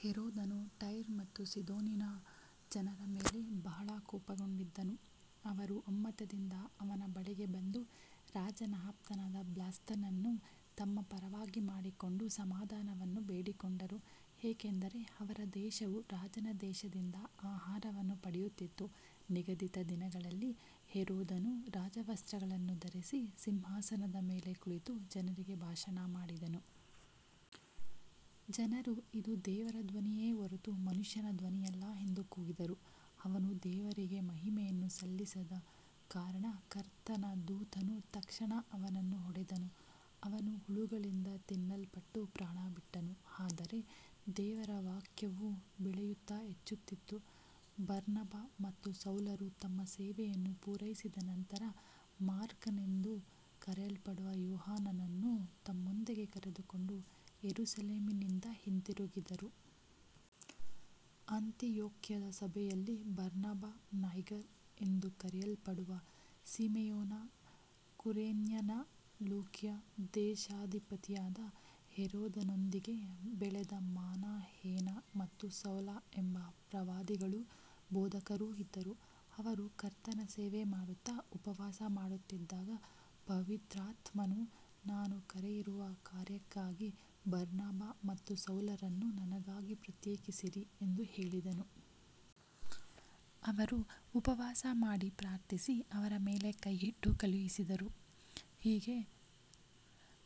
ಹೆರೋದನು ಟೈರ್ ಮತ್ತು ಸೀದೋನಿನ ಜನರ ಮೇಲೆ ಬಹಳ ಕೋಪಗೊಂಡಿದ್ದನು. ಅವರು ಒಮ್ಮತದಿಂದ ಅವನ ಬಳಿಗೆ ಬಂದು, ರಾಜನ ಆಪ್ತನಾದ ಬ್ಲಾಸ್ತನನ್ನು ತಮ್ಮ ಪರವಾಗಿ ಮಾಡಿಕೊಂಡು ಸಮಾಧಾನವನ್ನು ಬೇಡಿಕೊಂಡರು, ಏಕೆಂದರೆ ಅವರ ದೇಶವು ರಾಜನ ದೇಶದಿಂದ ಆಹಾರವನ್ನು ಪಡೆಯುತ್ತಿತ್ತು. ನಿಗದಿತ ದಿನದಲ್ಲಿ ಹೆರೋದನು ರಾಜವಸ್ತ್ರಗಳನ್ನು ಧರಿಸಿ ಸಿಂಹಾಸನದ ಮೇಲೆ ಕುಳಿತು ಜನರಿಗೆ ಭಾಷಣ ಮಾಡಿದನು. ಜನರು, ಇದು ದೇವರ ಧ್ವನಿಯೇ ಹೊರತು ಮನುಷ್ಯನ ಧ್ವನಿಯಲ್ಲ ಎಂದು ಕೂಗಿದರು. ಅವನು ದೇವರಿಗೆ ಮಹಿಮೆಯನ್ನು ಸಲ್ಲಿಸದ ಕಾರಣ ಕರ್ತನ ದೂತನು ತಕ್ಷಣ ಅವನನ್ನು ಹೊಡೆದನು. ಅವನು ಹುಳುಗಳಿಂದ ತಿನ್ನಲ್ಪಟ್ಟು ಪ್ರಾಣಬಿಟ್ಟನು. ಆದರೆ ದೇವರ ವಾಕ್ಯವು ಬೆಳೆಯುತ್ತಾ ಹೆಚ್ಚುತ್ತಿತ್ತು. ಬರ್ನಬ ಮತ್ತು ಸೌಲರು ತಮ್ಮ ಸೇವೆಯನ್ನು ಪೂರೈಸಿದ ನಂತರ ಮಾರ್ಕನೆಂದು ಕರೆಯಲ್ಪಡುವ ಯೋಹಾನನನ್ನು ತಮ್ಮೊಂದಿಗೆ ಕರೆದುಕೊಂಡು ಯೆರೂಸಲೇಮಿನಿಂದ ಹಿಂದಿರುಗಿದರು. ಅಂತಿಯೋಕ್ಯದ ಸಭೆಯಲ್ಲಿ ಬರ್ನಬ, ನೈಗರ್ ಎಂದು ಕರೆಯಲ್ಪಡುವ ಸಿಮೆಯೋನ, ಕುರೇನ್ಯನ ಲೂಕಿಯ, ದೇಶಾಧಿಪತಿಯಾದ ಹೆರೋದನೊಂದಿಗೆ ಬೆಳೆದ ಮನಾಯೇನ ಮತ್ತು ಸೌಲ ಎಂಬ ಪ್ರವಾದಿಗಳೂ ಬೋಧಕರೂ ಇದ್ದರು. ಅವರು ಕರ್ತನ ಸೇವೆಮಾಡುತ್ತಾ ಉಪವಾಸ ಮಾಡುತ್ತಿದ್ದಾಗ ಪವಿತ್ರಾತ್ಮನು, ನಾನು ಕರೆಯಿರುವ ಕಾರ್ಯಕ್ಕಾಗಿ ಬರ್ನಬ ಮತ್ತು ಸೌಲರನ್ನು ನನಗಾಗಿ ಪ್ರತ್ಯೇಕಿಸಿರಿ ಎಂದು ಹೇಳಿದನು. ಅವರು ಉಪವಾಸಮಾಡಿ ಪ್ರಾರ್ಥಿಸಿ ಅವರ ಮೇಲೆ ಕೈಯಿಟ್ಟು ಕಳುಹಿಸಿದರು. ಹೀಗೆ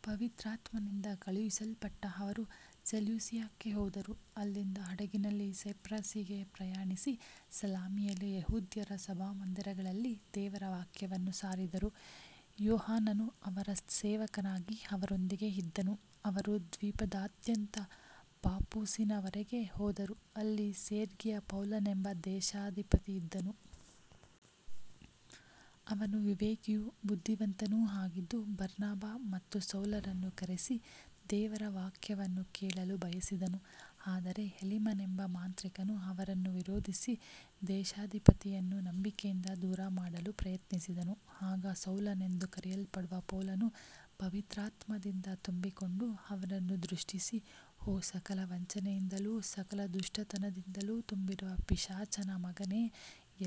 ಪವಿತ್ರಾತ್ಮನಿಂದ ಕಳುಹಿಸಲ್ಪಟ್ಟ ಅವರು ಸೆಲ್ಯೂಸಿಯಕ್ಕೆ ಹೋದರು. ಅಲ್ಲಿಂದ ಹಡಗಿನಲ್ಲಿ ಸೈಪ್ರಸಿಗೆ ಪ್ರಯಾಣಿಸಿ ಸಲಾಮಿಯಲ್ಲಿ ಯೆಹೂದ್ಯರ ಸಭಾಮಂದಿರಗಳಲ್ಲಿ ದೇವರ ವಾಕ್ಯವನ್ನು ಸಾರಿದರು. ಯೋಹಾನನು ಅವರ ಸೇವಕನಾಗಿ ಅವರೊಂದಿಗೆ ಇದ್ದನು. ಅವರು ದ್ವೀಪದಾದ್ಯಂತ ಪಾಫೊಸಿನವರೆಗೆ ಹೋದರು. ಅಲ್ಲಿ ಸೆರ್ಗಿಯ ಪೌಲನೆಂಬ ದೇಶಾಧಿಪತಿಯಿದ್ದನು. ಅವನು ವಿವೇಕಿಯೂ ಬುದ್ಧಿವಂತನೂ ಆಗಿದ್ದು, ಬರ್ನಬ ಮತ್ತು ಸೌಲರನ್ನು ಕರೆಸಿ ದೇವರ ವಾಕ್ಯವನ್ನು ಕೇಳಲು ಬಯಸಿದನು. ಆದರೆ ಎಲಿಮನೆಂಬ ಮಾಂತ್ರಿಕನು ಅವರನ್ನು ವಿರೋಧಿಸಿ, ದೇಶಾಧಿಪತಿಯನ್ನು ನಂಬಿಕೆಯಿಂದ ದೂರಮಾಡಲು ಪ್ರಯತ್ನಿಸಿದನು. ಆಗ ಸೌಲನೆಂದು ಕರೆಯಲ್ಪಡುವ ಪೌಲನು ಪವಿತ್ರಾತ್ಮದಿಂದ ತುಂಬಿಕೊಂಡು ಅವನನ್ನು ದೃಷ್ಟಿಸಿ, ಓ ಸಕಲ ವಂಚನೆಯಿಂದಲೂ ಸಕಲ ದುಷ್ಟತನದಿಂದಲೂ ತುಂಬಿರುವ ಪಿಶಾಚನ ಮಗನೇ,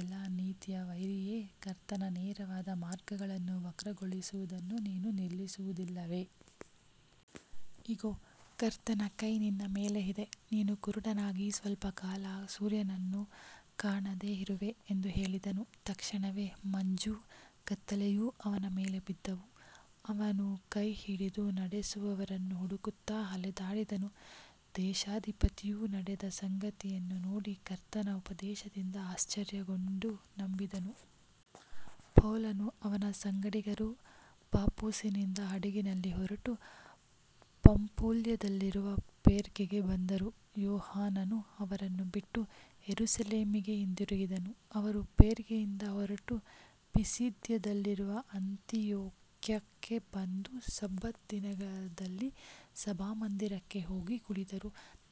ಎಲ್ಲಾ ನೀತಿಯ ವೈರಿಯೇ, ಕರ್ತನ ನೇರವಾದ ಮಾರ್ಗಗಳನ್ನು ವಕ್ರಗೊಳಿಸುವುದನ್ನು ನೀನು ನಿಲ್ಲಿಸುವುದಿಲ್ಲವೇ. ಇಗೋ, ಕರ್ತನ ಕೈ ನಿನ್ನ ಮೇಲೆ ಇದೆ. ನೀನು ಕುರುಡನಾಗಿ ಸ್ವಲ್ಪಕಾಲ ಸೂರ್ಯನನ್ನು ಕಾಣದೆ ಇರುವೆ ಎಂದು ಹೇಳಿದನು. ತಕ್ಷಣವೇ ಮಂಜೂ ಕತ್ತಲೆಯೂ ಅವನ ಮೇಲೆ ಬಿದ್ದವು. ಅವನು ಕೈಹಿಡಿದು ನಡೆಸುವವರನ್ನು ಹುಡುಕುತ್ತಾ ಅಲೆದಾಡಿದನು. ದೇಶಾಧಿಪತಿಯು ನಡೆದ ಸಂಗತಿಯನ್ನು ನೋಡಿ ಕರ್ತನ ಉಪದೇಶದಿಂದ ಆಶ್ಚರ್ಯಗೊಂಡು ನಂಬಿದನು. ಪೌಲನೂ ಅವನ ಸಂಗಡಿಗರೂ ಪಾಫೊಸಿನಿಂದ ಹಡಗಿನಲ್ಲಿ ಹೊರಟು ಪಂಫುಲ್ಯದಲ್ಲಿರುವ ಪೆರ್ಗೆಗೆ ಬಂದರು. ಯೋಹಾನನು ಅವರನ್ನು ಬಿಟ್ಟು ಯೆರೂಸಲೇಮಿಗೆ ಹಿಂದಿರುಗಿದನು. ಅವರು ಪೆರ್ಗೆಯಿಂದ ಹೊರಟು ಪಿಸಿದ್ಯದಲ್ಲಿರುವ ಅಂತಿಯೋಕ್ಯಕ್ಕೆ ಬಂದು ಸಬ್ಬತ್ ದಿನದಲ್ಲಿ ಸಭಾಮಂದಿರಕ್ಕೆ ಹೋಗಿ ಕುಳಿತರು.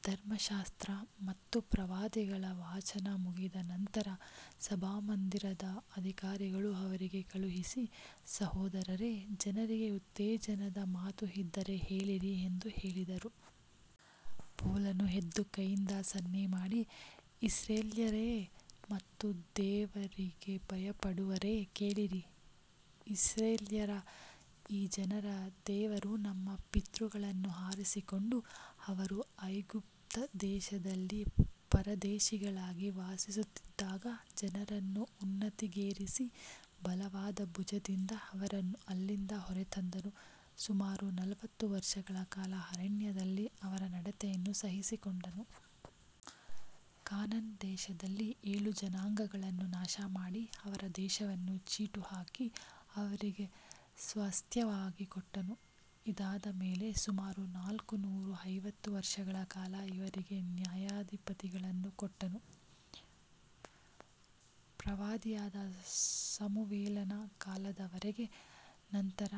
ಧರ್ಮಶಾಸ್ತ್ರ ಮತ್ತು ಪ್ರವಾದಿಗಳ ವಾಚನ ಮುಗಿದ ನಂತರ ಸಭಾಮಂದಿರದ ಅಧಿಕಾರಿಗಳು ಅವರಿಗೆ ಕಳುಹಿಸಿ, ಸಹೋದರರೇ, ಜನರಿಗೆ ಉತ್ತೇಜನದ ಮಾತು ಇದ್ದರೆ ಹೇಳಿರಿ ಎಂದು ಹೇಳಿದರು. ಪೌಲನು ಎದ್ದು ಕೈಯಿಂದ ಸನ್ನೆಮಾಡಿ, ಇಸ್ರಾಯೇಲ್ಯರೇ ಮತ್ತು ದೇವರಿಗೆ ಭಯಪಡುವವರೇ, ಕೇಳಿರಿ. ಇಸ್ರಾಯೇಲ್ಯರ ಈ ಜನರ ದೇವರು ನಮ್ಮ ಪಿತೃಗಳನ್ನು ಆರಿಸಿಕೊಂಡು, ಅವರು ಐಗುಪ್ತ ದೇಶದಲ್ಲಿ ಪರದೇಶಿಗಳಾಗಿ ವಾಸಿಸುತ್ತಿದ್ದಾಗ ಜನರನ್ನು ಉನ್ನತಿಗೇರಿಸಿ, ಬಲವಾದ ಭುಜದಿಂದ ಅವರನ್ನು ಅಲ್ಲಿಂದ ಹೊರತಂದನು. ಸುಮಾರು ನಲವತ್ತು ವರ್ಷಗಳ ಕಾಲ ಅರಣ್ಯದಲ್ಲಿ ಅವರ ನಡತೆಯನ್ನು ಸಹಿಸಿಕೊಂಡನು. ಕಾನಾನ್ ದೇಶದಲ್ಲಿ ಏಳು ಜನಾಂಗಗಳನ್ನು ನಾಶಮಾಡಿ ಅವರ ದೇಶವನ್ನು ಚೀಟುಹಾಕಿ ಅವರಿಗೆ ಸ್ವಾಸ್ತ್ಯವಾಗಿ ಕೊಟ್ಟನು. ಇದಾದ ಮೇಲೆ ಸುಮಾರು ನಾಲ್ಕುನೂರ ಐವತ್ತು ವರ್ಷಗಳ ಕಾಲ ಅವರಿಗೆ ನ್ಯಾಯಾಧಿಪತಿಗಳನ್ನು ಕೊಟ್ಟನು, ಪ್ರವಾದಿಯಾದ ಸಮುವೇಲನ ಕಾಲದವರೆಗೆ. ನಂತರ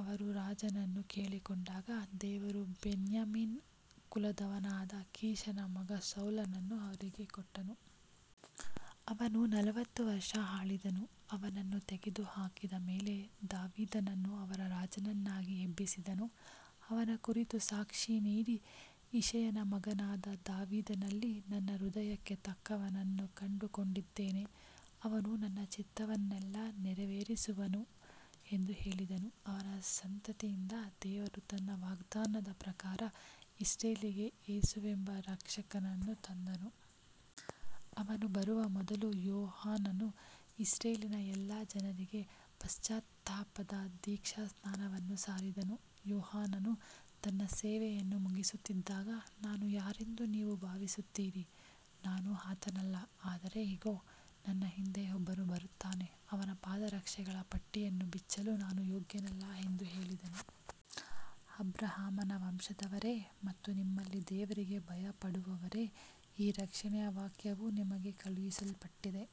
ಅವರು ರಾಜನನ್ನು ಕೇಳಿಕೊಂಡಾಗ ದೇವರು ಬೆನ್ಯಾಮೀನ್ ಕುಲದವನಾದ ಕೀಷನ ಮಗ ಸೌಲನನ್ನು ಅವರಿಗೆ ಕೊಟ್ಟನು. ಅವನು ನಲವತ್ತು ವರ್ಷ ಆಳಿದನು. ಅವನನ್ನು ತೆಗೆದುಹಾಕಿದ ಮೇಲೆ ದಾವೀದನನ್ನು ಅವರ ರಾಜನನ್ನಾಗಿ ಎಬ್ಬಿಸಿದನು. ಅವನ ಕುರಿತು ಸಾಕ್ಷಿ ನೀಡಿ, ಇಷಯನ ಮಗನಾದ ದಾವೀದನಲ್ಲಿ ನನ್ನ ಹೃದಯಕ್ಕೆ ತಕ್ಕವನನ್ನು ಕಂಡುಕೊಂಡಿದ್ದೇನೆ, ಅವನು ನನ್ನ ಚಿತ್ತವನ್ನೆಲ್ಲ ನೆರವೇರಿಸುವನು ಎಂದು ಹೇಳಿದನು. ಅವನ ಸಂತತಿಯಿಂದ ದೇವರು ತನ್ನ ವಾಗ್ದಾನದ ಪ್ರಕಾರ ಇಸ್ರಾಯೇಲಿಗೆ ಯೇಸುವೆಂಬ ರಕ್ಷಕನನ್ನು ತಂದನು. ಅವನು ಬರುವ ಮೊದಲು ಯೋಹಾನನು ಇಸ್ರಾಯೇಲಿನ ಎಲ್ಲಾ ಜನರಿಗೆ ಪಶ್ಚಾತ್ತಾಪದ ದೀಕ್ಷಾಸ್ನಾನವನ್ನು ಸಾರಿದನು. ಯೋಹಾನನು ತನ್ನ ಸೇವೆಯನ್ನು ಮುಗಿಸುತ್ತಿದ್ದಾಗ, ನಾನು ಯಾರೆಂದು ನೀವು ಭಾವಿಸುತ್ತೀರಿ? ನಾನು ಆತನು ಅಲ್ಲ. ಆದರೆ ಇಗೋ, ನನ್ನ ಹಿಂದೆ ಒಬ್ಬನು ಬರುತ್ತಾನೆ. ಅವನ ಪಾದರಕ್ಷೆಗಳ ಪಟ್ಟಿಯನ್ನು ಬಿಚ್ಚಲು ನಾನು ಯೋಗ್ಯನಲ್ಲ ಎಂದು ಹೇಳಿದನು. ಅಬ್ರಹಾಮನ ವಂಶದವರೇ ಮತ್ತು ನಿಮ್ಮಲ್ಲಿ ದೇವರಿಗೆ ಭಯಪಡುವವರೇ, ಈ ರಕ್ಷಣೆಯ ವಾಕ್ಯವು ನಿಮಗೆ ಕಳುಹಿಸಲ್ಪಟ್ಟಿದೆ.